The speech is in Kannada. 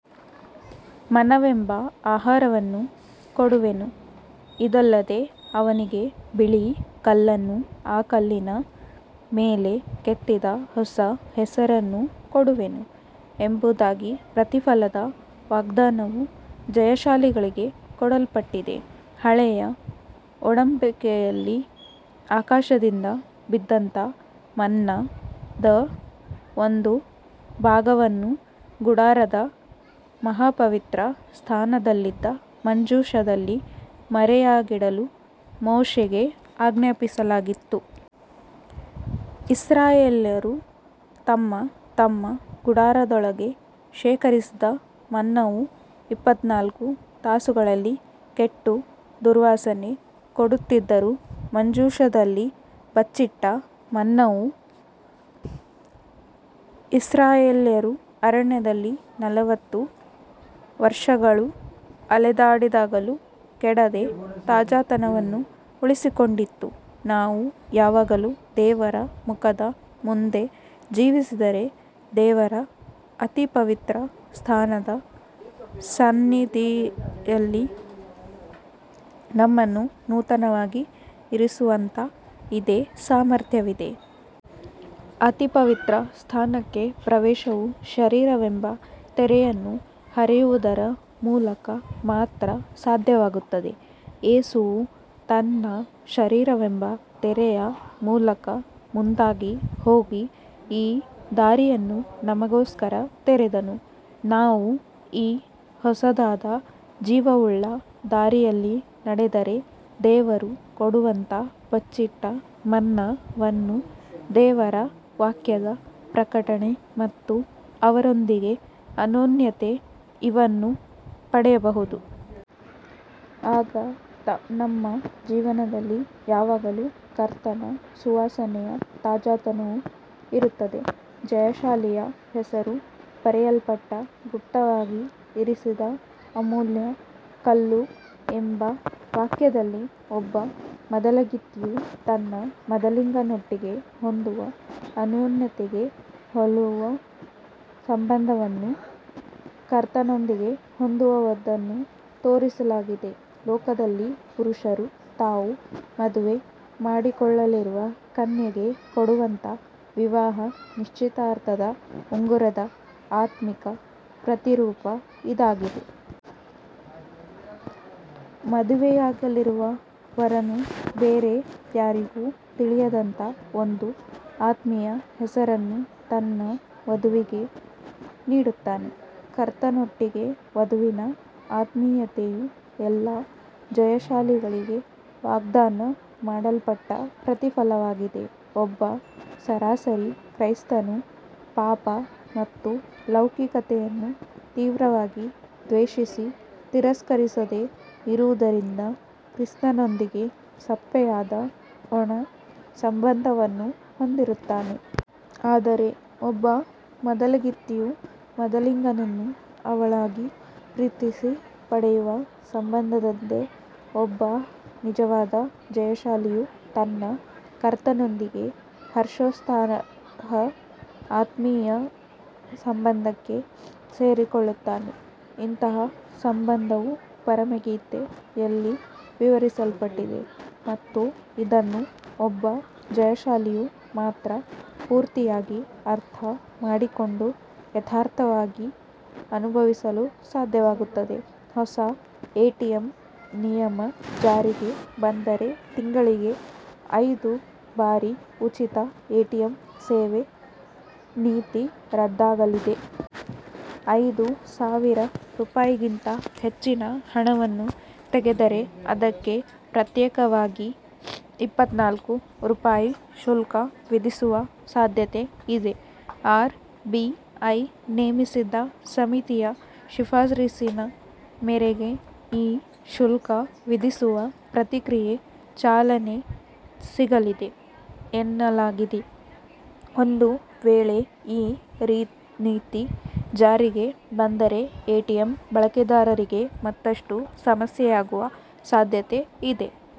ಮನ್ನವೆಂಬ ಆಹಾರವನ್ನು ಕೊಡುವೆನು; ಇದಲ್ಲದೆ ಅವನಿಗೆ ಬಿಳೀ ಕಲ್ಲನ್ನೂ, ಆ ಕಲ್ಲಿನ ಮೇಲೆ ಕೆತ್ತಿದ ಹೊಸ ಹೆಸರನ್ನೂ ಕೊಡುವೆನು," ಎಂಬುದಾಗಿ ಪ್ರತಿಫಲದ ವಾಗ್ದಾನವು ಜಯಶಾಲಿಗಳಿಗೆ ಕೊಡಲ್ಪಟ್ಟಿದೆ. ಹಳೆಯ ಒಡಂಬಡಿಕೆಯಲ್ಲಿ, ಆಕಾಶದಿಂದ ಬಿದ್ದಂತ "ಮನ್ನ"ದ ಒಂದು ಭಾಗವನ್ನು ಗುಡಾರದ ಮಹಾಪವಿತ್ರ ಸ್ಥಾನದಲ್ಲಿದ್ದ ಮಂಜೂಷದಲ್ಲಿ ಮರೆಯಾಗಿಡಲು ಮೋಶೆಗೆ ಆಜ್ಞಾಪಿಸಲಾಗಿತ್ತು. ಇಸ್ರಾಯೇಲ್ಯರು ತಮ್ಮ ತಮ್ಮ ಗುಡಾರದೊಳಗೆ ಶೇಖರಿಸಿದ ಮನ್ನವು ಇಪ್ಪತ್ನಾಲ್ಕು ತಾಸುಗಳಲ್ಲಿ ಕೆಟ್ಟು ದುರ್ವಾಸನೆ ಕೊಡುತ್ತಿದ್ದರೂ, ಮಂಜೂಷದಲ್ಲಿ "ಬಚ್ಚಿಟ್ಟ ಮನ್ನವು," ಇಸ್ರಾಯೇಲ್ಯರು ಅರಣ್ಯದಲ್ಲಿ ನಲವತ್ತು ವರ್ಷಗಳು ಅಲೆದಾಡಿದಾಗಲೂ ಕೆಡದೆ ತಾಜಾತನವನ್ನು ಉಳಿಸಿಕೊಂಡಿತ್ತು. ನಾವು ಯಾವಾಗಲೂ ದೇವರ ಮುಖದ ಮುಂದೆ ಜೀವಿಸಿದರೆ, ದೇವರ ಅತಿಪವಿತ್ರ ಸ್ಥಾನದ ಸಾನ್ನಿಧ್ಯದಲ್ಲಿ ನಮ್ಮನ್ನು ನೂತನವಾಗಿ ಇರಿಸುವಂತ ಇದೇ ಸಾಮರ್ಥ್ಯವಿದೆ. ಅತಿಪವಿತ್ರ ಸ್ಥಾನಕ್ಕೆ ಪ್ರವೇಶವು ಶರೀರವೆಂಬ ತೆರೆಯನ್ನು ಹರಿಯುವುದರ ಮೂಲಕ ಮಾತ್ರ ಸಾಧ್ಯವಾಗುತ್ತದೆ. ಯೇಸುವು ತನ್ನ ಶರೀರವೆಂಬ ತೆರೆಯ ಮೂಲಕ ಮುಂದಾಗಿ ಹೋಗಿ, ಈ ದಾರಿಯನ್ನು ನಮಗೋಸ್ಕರ ತೆರೆದನು. ನಾವು ಈ ಹೊಸದಾದ, ಜೀವವುಳ್ಳ ದಾರಿಯಲ್ಲಿ ನಡೆದರೆ, ದೇವರು ಕೊಡುವಂಥ 'ಬಚ್ಚಿಟ್ಟ ಮನ್ನ'ವನ್ನು ದೇವರ ವಾಕ್ಯದ ಪ್ರಕಟನೆ ಮತ್ತು ಅವರೊಂದಿಗೆ ಅನ್ಯೋನ್ಯತೆ ಇವನ್ನು ಪಡೆಯಬಹುದು. ಆಗ ನಮ್ಮ ಜೀವನದಲ್ಲಿ ಯಾವಾಗಲೂ ಕರ್ತನ ಸುವಾಸನೆಯ ತಾಜಾತನವು ಇರುತ್ತದೆ. 'ಜಯಶಾಲಿಯ ಹೆಸರು ಬರೆಯಲ್ಪಟ್ಟ ಗುಪ್ತವಾಗಿ ಇರಿಸಿದ ಅಮೂಲ್ಯ ಕಲ್ಲು' ಎಂಬ ವಾಕ್ಯದಲ್ಲಿ, ಒಬ್ಬ ಮದಲಗಿತ್ತಿಯು ತನ್ನ ಮದಲಿಂಗನೊಟ್ಟಿಗೆ ಹೊಂದುವ ಅನ್ಯೋನ್ಯತೆಗೆ ಹೋಲುವ ಸಂಬಂಧವನ್ನು ಕರ್ತನೊಂದಿಗೆ ಹೊಂದುವದನ್ನು ತೋರಿಸಲಾಗಿದೆ. ಲೋಕದಲ್ಲಿ ಪುರುಷರು ತಾವು ಮದುವೆ ಮಾಡಿಕೊಳ್ಳಲಿರುವ ಕನ್ಯೆಗೆ ಕೊಡುವಂತ "ವಿವಾಹ ನಿಶ್ಚಿತಾರ್ಥದ ಉಂಗುರದ" ಆತ್ಮಿಕ ಪ್ರತಿರೂಪ ಇದಾಗಿದೆ. ಮದುವೆಯಾಗಲಿರುವ ವರನು, ಬೇರೆ ಯಾರಿಗೂ ತಿಳಿಯದಂತ ಒಂದು ಆತ್ಮೀಯ ಹೆಸರನ್ನು ತನ್ನ ವಧುವಿಗೆ ನೀಡುತ್ತಾನೆ. ಕರ್ತನೊಟ್ಟಿಗೆ 'ವಧುವಿನ ಆತ್ಮೀಯತೆಯು' ಎಲ್ಲಾ ಜಯಶಾಲಿಗಳಿಗೆ ವಾಗ್ದಾನ ಮಾಡಲ್ಪಟ್ಟ ಪ್ರತಿಫಲವಾಗಿದೆ. ಒಬ್ಬ 'ಸರಾಸರಿ ಕ್ರೈಸ್ತನು' ಪಾಪ ಮತ್ತು ಲೌಕಿಕತೆಯನ್ನು ತೀವ್ರವಾಗಿ ದ್ವೇಷಿಸಿ ತಿರಸ್ಕರಿಸದೆ ಇರುವುದರಿಂದ, ಕ್ರಿಸ್ತನೊಂದಿಗೆ ಸಪ್ಪೆಯಾದ, ಒಣ ಸಂಬಂಧವನ್ನು ಹೊಂದಿರುತ್ತಾನೆ. ಆದರೆ ಒಬ್ಬ ಮದಲಗಿತ್ತಿಯು ಮದಲಿಂಗನನ್ನು ಆಳವಾಗಿ ಪ್ರೀತಿಸಿ ಪಡೆಯುವ ಸಂಬಂಧದಂತೆ, ಒಬ್ಬ ನಿಜವಾದ ಜಯಶಾಲಿಯು ತನ್ನ ಕರ್ತನೊಂದಿಗೆ ಹರ್ಷೋತ್ಸಾಹದ ಆತ್ಮಿಕ ಸಂಬಂಧಕ್ಕೆ ಸೇರಿಕೊಳ್ಳುತ್ತಾನೆ. ಇಂತಹ ಸಂಬಂಧವು "ಪರಮಗೀತೆ"ಯಲ್ಲಿ ವಿವರಿಸಲ್ಪಟ್ಟಿದೆ ಮತ್ತು ಇದನ್ನು ಒಬ್ಬ ಜಯಶಾಲಿಯು ಮಾತ್ರ ಪೂರ್ತಿಯಾಗಿ ಅರ್ಥ ಮಾಡಿಕೊಂಡು, ಯಥಾರ್ಥವಾಗಿ ಅನುಭವಿಸಲು ಸಾಧ್ಯವಾಗುತ್ತದೆ. ಹೊಸ ಎಟಿಎಂ ನಿಯಮ ಜಾರಿಗೆ ಬಂದರೆ, ತಿಂಗಳಿಗೆ ಐದು ಬಾರಿ ಉಚಿತ ಎಟಿಎಂ ಸೇವೆ ನೀತಿ ರದ್ದಾಗಲಿದೆ. ಐದು ಸಾವಿರ ರೂಪಾಯಿಗಿಂತ ಹೆಚ್ಚಿನ ಹಣವನ್ನು ತೆಗೆದರೆ ಅದಕ್ಕೆ ಪ್ರತ್ಯೇಕವಾಗಿ ಇಪ್ಪತ್ನಾಲ್ಕು ರೂಪಾಯಿ ಶುಲ್ಕ ವಿಧಿಸುವ ಸಾಧ್ಯತೆ ಇದೆ. ಆರ್ ಬಿಐ ನೇಮಿಸಿದ್ದ ಸಮಿತಿಯ ಶಿಫಾರಸಿನ ಮೇರೆಗೆ ಈ ಶುಲ್ಕ ವಿಧಿಸುವ ಪ್ರಕ್ರಿಯೆಗೆ ಚಾಲನೆ ಸಿಗಲಿದೆ ಎನ್ನಲಾಗಿದೆ. ಒಂದು ವೇಳೆ ಈ ನೀತಿ ಜಾರಿಗೆ ಬಂದರೆ ಎಟಿಎಂ ಬಳಕೆದಾರರಿಗೆ ಮತ್ತಷ್ಟು ಸಮಸ್ಯೆಯಾಗುವ ಸಾಧ್ಯತೆ ಇದೆ.